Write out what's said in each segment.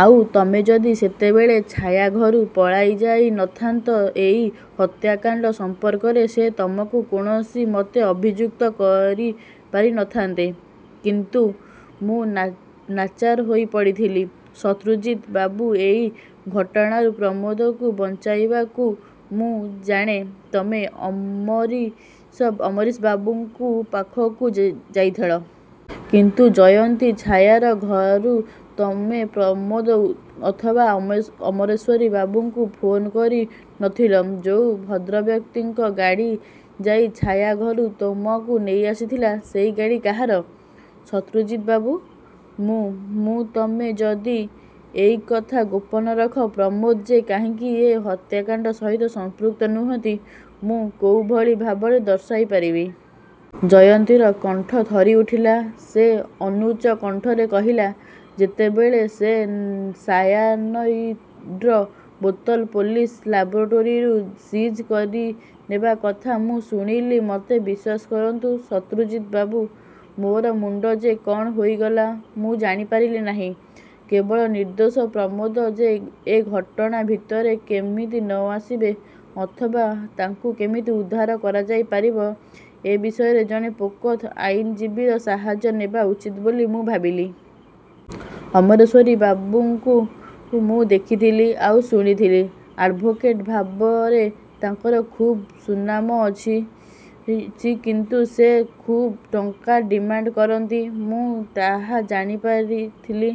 ଆଉ ତମେ ଯଦି ସେତେବଳେ ଛାୟାଘରୁ ପଳାଇ ଯାଇ ନ ଥାନ୍ତ ଏଇ ହତ୍ୟାକଣ୍ତ ସଂପର୍କରେ ସେ ତମମାନଙ୍କୁ କୌଣସି ମତେ ଅଭିଯୁକ୍ତ କରିପାରି ନ ଥାନ୍ତେ। ' 'କିନ୍ତୁ ମୁଁ ନାଚର ହେଇପଡ଼ିଥିଲି ଶତ୍ରୁଜିତ ବାବୁ! ଏଇ ଘଟଣାରୁ ପ୍ରମୋଦଙ୍କୁ ବଞ୍ଚାଇବାକୁ ମୁଁ 'ଜାଣେ, ତମେ ଅମ୍ବରୀଶବାବୁଙ୍କ ପାଖକୁ ଯାଇଥିଳ। କିନ୍ତୁ ଜୟନ୍ତୀ, ଛାୟାର ଘରୁ ତମେ ପ୍ରମୋଦ ଅଥବା ଅମ୍ବରୀଶବାବୁଙ୍କୁ ଫୋନ କରି ନଥିଲ। ଯୋଉ ଭଦ୍ରବ୍ୟକ୍ତିଙ୍କ ଗାଡ଼ି ଯାଇ ଛାୟା ଘରୁ ତମକୁ ନେଇଆସିଥିଲା ସେଇ ଗାଡ଼ି କାହାର? ' 'ଶତ୍ରୁଜିତବାବୁ! ମୁଁ ମୁଁ ତମେ ଯଦି ଏଇ କଥା ଗୋପନ ରଖ, ପ୍ରମୋଦ ଯେ କାହିଁକି ଏ ହତ୍ୟାକାଣ୍ଡ ସହିତ ସମ୍ପୃକ୍ତ ନୁହନ୍ତି, ମୁଁ କୋଉଭଳି ଭାବରେ ଦର୍ଶାଇପାରିବି? ଜୟନ୍ତୀର କଣ୍ଠ ଥରିଉଠିଲା। ସେ ଅନୁଚ୍ଚ କଣ୍ଠରେ କହିଲା, 'ଯେତେବେଳେ ସେଇ ସାୟାନାଇଡ଼୍ର ବୋତଲ ପୋଲିସ ଲେବୋରେଟରୀରୁ ସିଜ କରିନେବା କଥା ମୁଁ ଶୁଣିଲି ମୋତେ ବିଶ୍ୱାସ କରନ୍ତୁ ଶତ୍ରୁଜିତ ବାବୁ ମୋର ମୁଣ୍ତ ଯେ କ'ଣ ହୋଇଗଲା ମୁଁ ଜାଣିପାରିଲି ନାହିଁ। କେବଳ ନିର୍ଦ୍ଦୋଷ ପ୍ରମୋଦ ଯେ ଏ ଘଟଣା ଭିତରକୁ କେମିତି ନ ଆସିବେ, ଅଥବା ତାଙ୍କୁ କେମିତି ଉଦ୍ଧାର କରାଯାଇପାରିବ ଏ ବିଷୟରେ ଜଣେ ପୋଖତ ଆଇନଜୀବୀର ସାହାଯ୍ୟ ନେବା ଉଚିତ ବୋଲି ମୁଁ ଭାବିଲି। ଅମ୍ବରୀଶବାବୁଙ୍କୁ ମୁଁ ଦେଖିଥିଲି। ଆଉ ଶୁଣିଥିଲି, ଆଡ଼୍ଭୋକେଟ ଭାବରେ ତାଙ୍କର ଖୁବ୍ ସୁନାମ ରହିଛି। କିନ୍ତୁ ସେ ଯେ ଖୁବ୍ ଟଙ୍କା ଡିମାଣ୍ତ କରନ୍ତି ମୁଁ ତାହା ଜାଣିଥିଲି।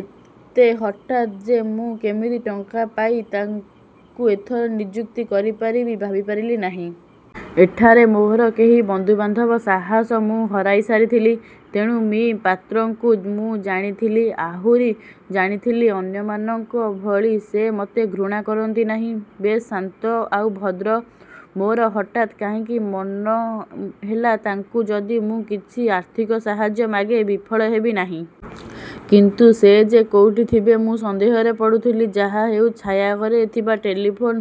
ଏତେ ହଠାତ୍ ଯେ ମୁଁ କେମିତି ଟଙ୍କା ପାଇ ତାଙ୍କୁ ଏଥିରେ ନିଯୁକ୍ତ କରିପାରିବ ଭାବିପାରିଲି ନାହିଁ। ଏଠାରେ ମୋର କେହି ବନ୍ଧୁ ବାନ୍ଧବ ସାହସ ମୁଁ ହରାଇ ସାରିଥିଲି। ' 'ତେଣୁ' 'ମି: ପାତ୍ରଙ୍କୁ ମୁଁ ଜାଣିଥିଲି। ଆହୁରି ଜାଣିଥିଲି, ଅନ୍ୟମାନଙ୍କ ଭଳି ସେ ମୋତେ ଘୃଣା କରନ୍ତି ନାହିଁ। ବେଶ୍ ଶାନ୍ତ ଆଉ ଭଦ୍ର। ମୋର ହଠାତ୍ କାହିଁକି ମନେ ହେଲା, ତାଙ୍କୁ ଯଦି ମୁଁ କିଛି ଆର୍ଥିକ ସାହାଯ୍ୟ ମାଗେ, ବିଫଳ ହେବି ନାହିଁ। କିନ୍ତୁ ସେ ଯେ କୋଉଠି ଥିବେ ମୁଁ ସନ୍ଦେହରେ ପଡ଼ୁଥିଲି। ଯାହାହେଉ ଛାୟା ଘରେ ଥିବା ଟେଲିଫୋନ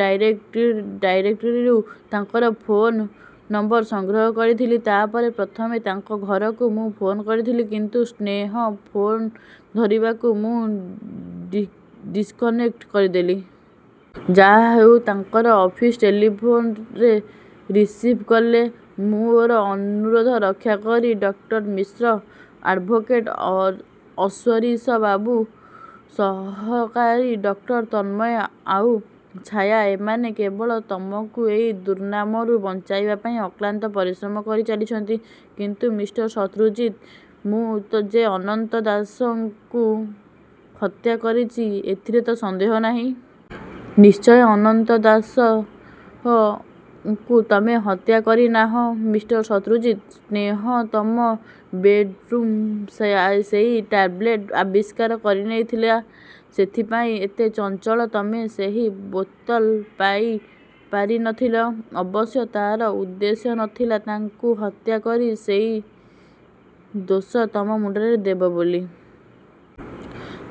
ଡାଇରେକ୍ଟରିରୁ ତାଙ୍କର ଫୋନ୍ ନମ୍ବର ସଂଗ୍ରହ କରିଥିଲି। ' 'ତା ପରେ? ' 'ପ୍ରଥମେ ତାଙ୍କ ଘରକୁ ମୁଁ ଫୋନ୍ କରିଥିଲି। କିନ୍ତୁ ସ୍ନେହ ଫୋନ୍ ଧରିବାକୁ ମୁଁ ଡିସକନେକ୍ଟ କରିଦେଲି। ଯାହାହେଉ ତାଙ୍କର ଅଫିସ ଟେଲିଫୋନ ସେ ରିସିଭ୍ କଲେ। ମୋର ଅନୁରୋଧ ରକ୍ଷା କରି। ଡ: ମିଶ୍ର ଆଡ଼୍ଭୋକେଟ ଅଶ୍ୱରୀଶବାବୁ, ସହକାରୀ ଡ:ତନ୍ମୟ ଆଉ ଛାୟା–ଏମାନେ କେବଳ ତମକୁ ଏଇ ଦୁର୍ନାମରୁ ବଞ୍ଚାଇବାପାଇଁ ଅକ୍ଲାନ୍ତ ପରିଶ୍ରମ କରି ଚାଲିଛନ୍ତି। ' 'କିନ୍ତୁ ମି: ଶତ୍ରୁଜିତ, ମୁଁ ଯେ ଅନନ୍ତ ଦାସଙ୍କକୁ ହତ୍ୟା କରିଛି ଏଥିରେ ତ ସନ୍ଦେହ ନାହିଁ। 'ନିଶ୍ଚୟ, ଅନନ୍ତ ଦାସଙ୍କୁ ତମେ ହତ୍ୟା କରିନାହଁ'। 'ମି: ଶତ୍ରୁଜିତ! ' 'ସ୍ନେହ ତମ ବେଡ଼୍ରୁମ୍ରୁ ସେଇ ଟାବଲେଟ୍ ଆବିଷ୍କାର କରିନେଇଥିଲା। ସେଇଥିପାଇଁ ଏତେ ଚଞ୍ଚଳ ତମେ ସେଇ ବୋତଲ ପାଇ ପାରି ନ ଥିଲ। ଅବଶ୍ୟ ତାର ଉଦ୍ଦେଶ୍ୟ ନ ଥିଲା ତାଙ୍କୁ ହତ୍ୟା କରି ସେଇ ଦୋଷ ତମ ମୁଣ୍ତ ଉପରେ ଦେବ ବୋଲି।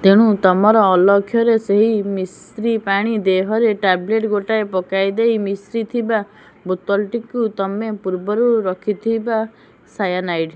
ତେଣୁ ତମର ଅଲକ୍ଷ୍ୟରେ ସେଇ ମିଶ୍ରିପାଣି ଦେହରେ ଟେବଲେଟ୍ ଗୋଟାଏ ପକାଇଦେଇ ମିଶ୍ରି ଥିବା ବୋତଲଟିକୁ ତମେ ପୂର୍ବରୁ ରଖିଥିବା ସାୟାନାଇଡ଼୍